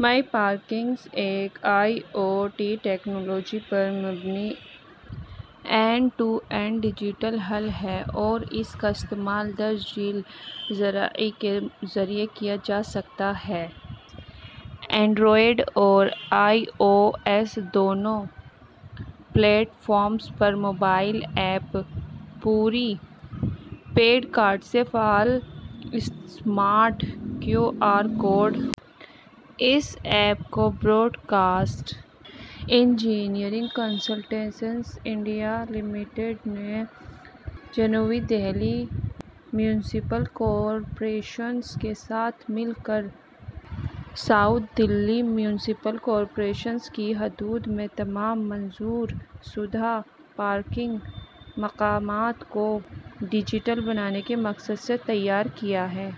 مائی parkings ایک I O T technology پر مبنی اینڈ ٹو اینڈ ڈیجیٹل حل ہے اور اس کا استعمال درج ذیل ذرائع کے ذریعے کیا جا سکتا ہے۔ اینڈرائیڈ اور آئی او ایس دونوں پلیٹ فارمز پر mobile app, prepaid card سے فعال اسمارٹ کیو آر کوڈ۔ اس ایپ کو broadcast engineering consultants India limited نے جنوبی دہلی میونسپل کارپوریشن کے ساتھ مل کر ساؤتھ دہلی میونسپل کارپوریشن کی حدود میں تمام منظور شدہ پارکنگ مقامات کو ڈیجیٹل بنانے کے مقصد سے تیار کیا ہے۔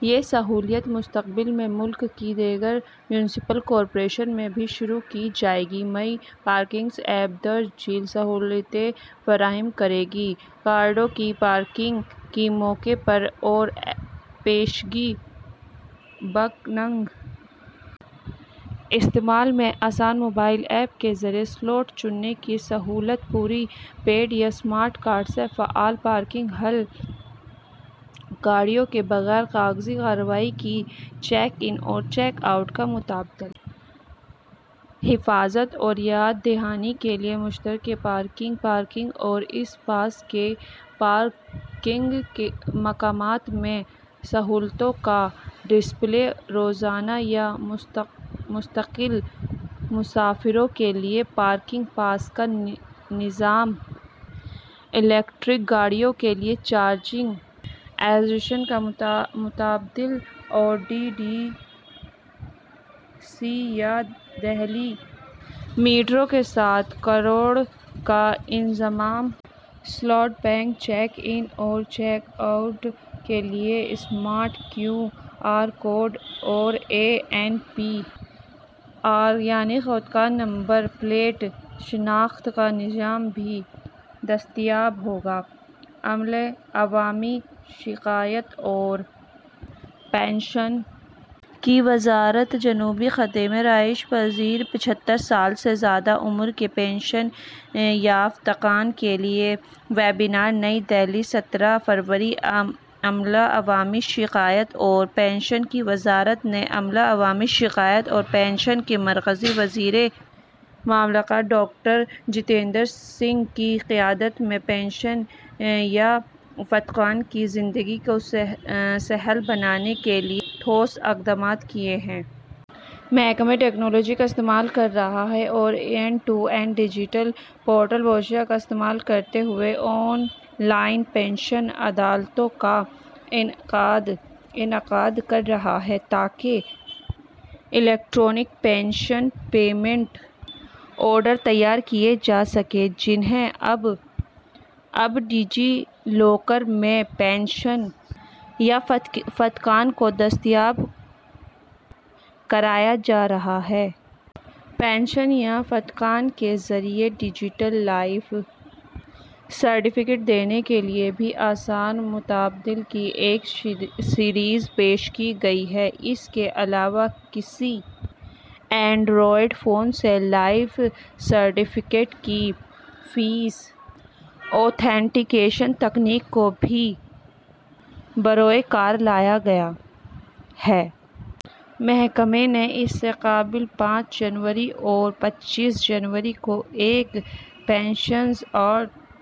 یہ سہولت مستقبل میں ملک کی دیگر میونسپل کارپوریشنز میں بھی شروع کی جائے گی۔ مائی پارکنگس ایپ درج ذیل سہولتیں فراہم کرے گی۔ گاڑیوں کی پارکنگ کی موقع پر اور پیشگی بکنگ، استعمال میں آسان موبائل ایپ کے ذریعے سلاٹ چننے کی سہولت، پری پیڈ یا اسمارٹ کارڈ سے فعال پارکنگ حل، گاڑیوں کے بغیر کاغذی کارروائی کے چیک اِن اور چیک آؤٹ کا متبادل، حفاظت اور یاد دہانی کے لیے مشترکہ پارکنگ، پارکنگ اور آس پاس کے پارکنگ مقامات میں سہولتوں کا ڈسپلے، روزانہ یا مستقل مسافروں کے لیے پارکنگ پاس کا نظم، الیکٹرک گاڑیوں کے لیے چارجنگ اسٹیشن کا متبادل، اور ڈی ٹی سی یا دہلی میٹرو کے ساتھ کارڈ کا انضمام۔ سلاٹ بکنگ، چیک اِن اور چیک آؤٹ کے لیے اسمارٹ کیو آر کوڈ اور اے این پی آر، یعنی خودکار نمبر پلیٹ شناخت کا نظام بھی دستیاب ہوگا۔ عملہ، عوامی شکایات اور پنشن کی وزارت جنوبی خطے میں رہائش پذیر پچھتر سال سے زیادہ عمر کے پنشن یافتگان کے لیے ویبینار نئی دہلی، سترہ فروری: عملہ، عوامی شکایات اور پنشن کی وزارت نے عملہ، عوامی شکایات اور پنشن کے مرکزی وزیر مملکت ڈاکٹر جتیندر سنگھ کی قیادت میں پنشن یافتگان کی زندگی کو سہل بنانے کے لیے ٹھوس اقدامات کیے ہیں۔ محکمہ ٹیکنالوجی کا استعمال کر رہا ہے اور end to end digital portal Bhavishya کا استعمال کرتے ہوئے آن لائن پنشن عدالتوں کا انعقاد کر رہا ہے، تاکہ الیکٹرانک پنشن پیمنٹ آرڈر تیار کیے جا سکیں، جنہیں اب ڈیجی لاکر میں پنشن یافتگان کو دستیاب کرایا جا رہا ہے۔ پنشن یافتگان کے ذریعے ڈیجیٹل لائف سرٹیفکیٹ دینے کے لیے بھی آسان متبادل کی ایک سیریز پیش کی گئی ہے۔ اس کے علاوہ کسی اینڈرائیڈ فون سے لائف سرٹیفکیٹ کی فیس ایتھنٹیکیشن تکنیک کو بھی بروئے کار لایا گیا ہے۔ محکمہ نے اس سے قبل پانچ جنوری اور پچیس جنوری کو ایک پنشنر آؤٹ۔۔۔